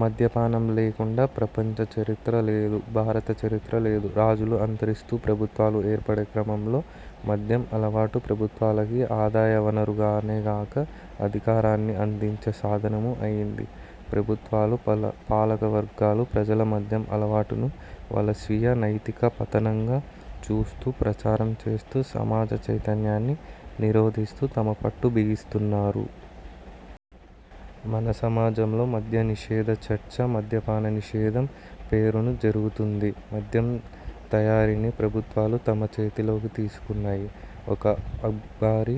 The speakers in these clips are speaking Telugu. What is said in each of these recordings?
మద్యపానం లేకుండా ప్రపంచ చరిత్ర లేదు. భారత చరిత్రా లేదు. రాజులు అంతరిస్తూ ప్రభుత్వాలు ఏర్పడే క్రమంలో మద్యం అలవాటు ప్రభుత్వాలకి ఆదాయ వనరుగానేకాక అధికారాన్ని అందించే సాధనమూ అయింది. ప్రభుత్వాలు, పాలకవర్గాలు ప్రజల మద్యం అలవాటును వాళ్ళ స్వీయ, నైతిక పతనంగా చూస్తూ, ప్రచారం చేస్తూ, సమాజ చైతన్యాన్ని నిరోధిస్తూ తమ పట్టు బిగిస్తున్నారు. మన సమాజంలో 'మద్యనిషేధ' చర్చ 'మద్యపాన నిషేధం' పేరున జరుగుతోంది. మద్యం తయారీని ప్రభుత్వాలు తమ చేతిలోకి తీసుకున్నాయి. ఒక ఆబ్కారీ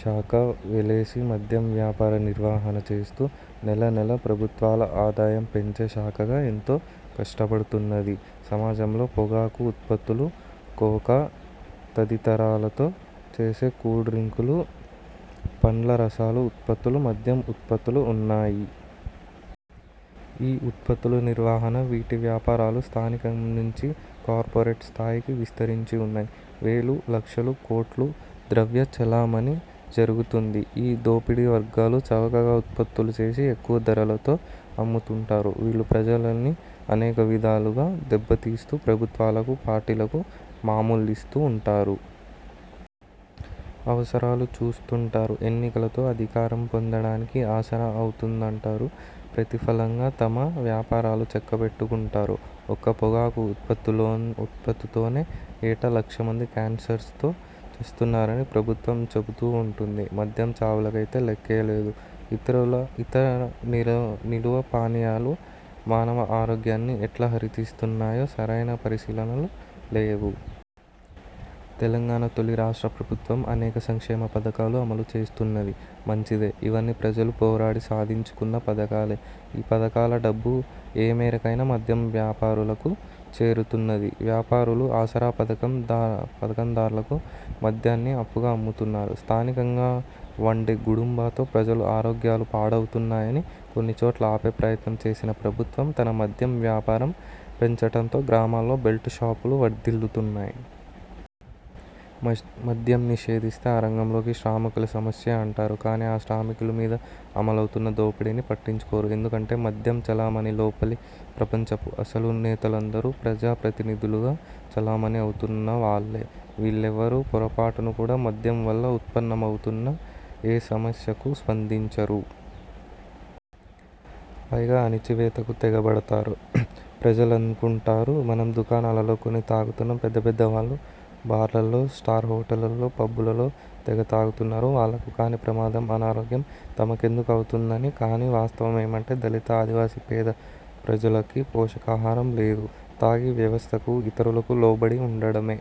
శాఖ వెలిసి మద్యం వ్యాపార నిర్వహణ చూస్తూ నెలనెలా ప్రభుత్వాల ఆదాయం పెంచే శాఖగా ఎంతో కష్టపడుతున్నది. సమాజంలో పొగాకు ఉత్పత్తులు, కోకా తదితరాలతో చేసే కూల్ డ్రింకులు, పండ్ల రసాల ఉత్పత్తులు, మద్యం ఉత్పత్తులు ఉన్నాయి. ఈ ఉత్పత్తుల నిర్వహణ, వీటి వ్యాపారాలు స్థానికం నుంచి కార్పొరేట్ స్థాయికి విస్తరించి వున్నాయి. వేలు, లక్షల కోట్ల ద్రవ్య చలామణి జరుగుతోంది. ఈ దోపిడీ వర్గాలు చవకగా ఉత్పత్తులు చేసి ఎక్కువ ధరలతో అమ్ముతుంటారు. వీళ్ళు ప్రజల్ని అనేక విధాలుగా దెబ్బతీస్తూ ప్రభుత్వాలకు పార్టీలకు మామూళ్ళిస్తుంటారు. అవసరాలు చూస్తుంటారు. ఎన్నికలతో అధికారం పొందడానికి ఆసరా అవుతుంటారు. ప్రతిఫలంగా తమ వ్యాపారాలు చక్కబెట్టుకుంటారు. ఒక్క పొగాకు ఉత్పత్తులతోనే ఏటా లక్షమంది కేన్సర్తో చస్తున్నారని ప్రభుత్వం చెబుతూ వుంటుంది. మద్యం చావులకైతే లెక్కే లేదు. ఇతర నిలువ పానీయాలు మానవ ఆరోగ్యాన్ని ఎట్లా హరిస్తున్నాయో సరైన పరిశీనలు లేవు. తెలంగాణ తొలి రాష్ట్ర ప్రభుత్వం అనేక సంక్షేమ పథకాలు అమలు చేస్తున్నది. మంచిదే; ఇవన్నీ ప్రజలు పోరాడి సాధించుకున్న పథకాలే. ఈ పథకాల డబ్బు ఏమేరకైనా మద్యం వ్యాపారులకు చేరుతున్నది. వ్యాపారులు ఆసరా పథకం దార్లకు మద్యాన్ని అప్పుగా అమ్ముతున్నారు. స్థానికంగా వండే గుడుంబాతో ప్రజల ఆరోగ్యాలు పాడవుతున్నాయని కొన్ని చోట్ల ఆపే ప్రయత్నం చేసిన ప్రభుత్వం తన మద్యం వ్యాపారం పెంచటంతో గ్రామాలలో బెల్టు షాపులు వర్ధిల్లుతున్నాయి. మద్యం నిషేధిస్తే ఆ రంగంలోకి శ్రామికుల సమస్య అంటారు. కానీ ఆ శ్రామికుల మీద అమలవుతున్న దోపిడీని పట్టించుకోరు. ఎందుకంటే మద్యం చలామణి లోపలి ప్రపంచపు అసలు నేతలందరూ ప్రజాప్రతినిధులుగా చలామణి అవుతున్న వాళ్ళే. వీళ్ళెవ్వరూ పొరపాటున కూడా మద్యం వల్ల ఉత్పన్నమవుతున్న ఏ సమ స్యకూ స్పందించరు. పైగా అణచివేతకు తెగబడతారు. ప్రజలనుకుంటారు 'మనం దుకాణాలలో కొని తాగుతున్నాం. పెద్ద పెద్ద వాళ్ళు బార్లలో, స్టార్ హోటళ్ళలో పబ్బులలో తెగ తాగుతున్నారు. వాళ్ళకు కాని ప్రమాదం, అనారోగ్యం తమకెందుకవుతుందని'. కానీ వాస్తవం ఏమంటే దళిత, ఆదివాసీ, పేద ప్రజలకి పోషకాహారం లేదు. తాగి వ్యవస్థకు, ఇతరులకు లోబడి వుండడమే.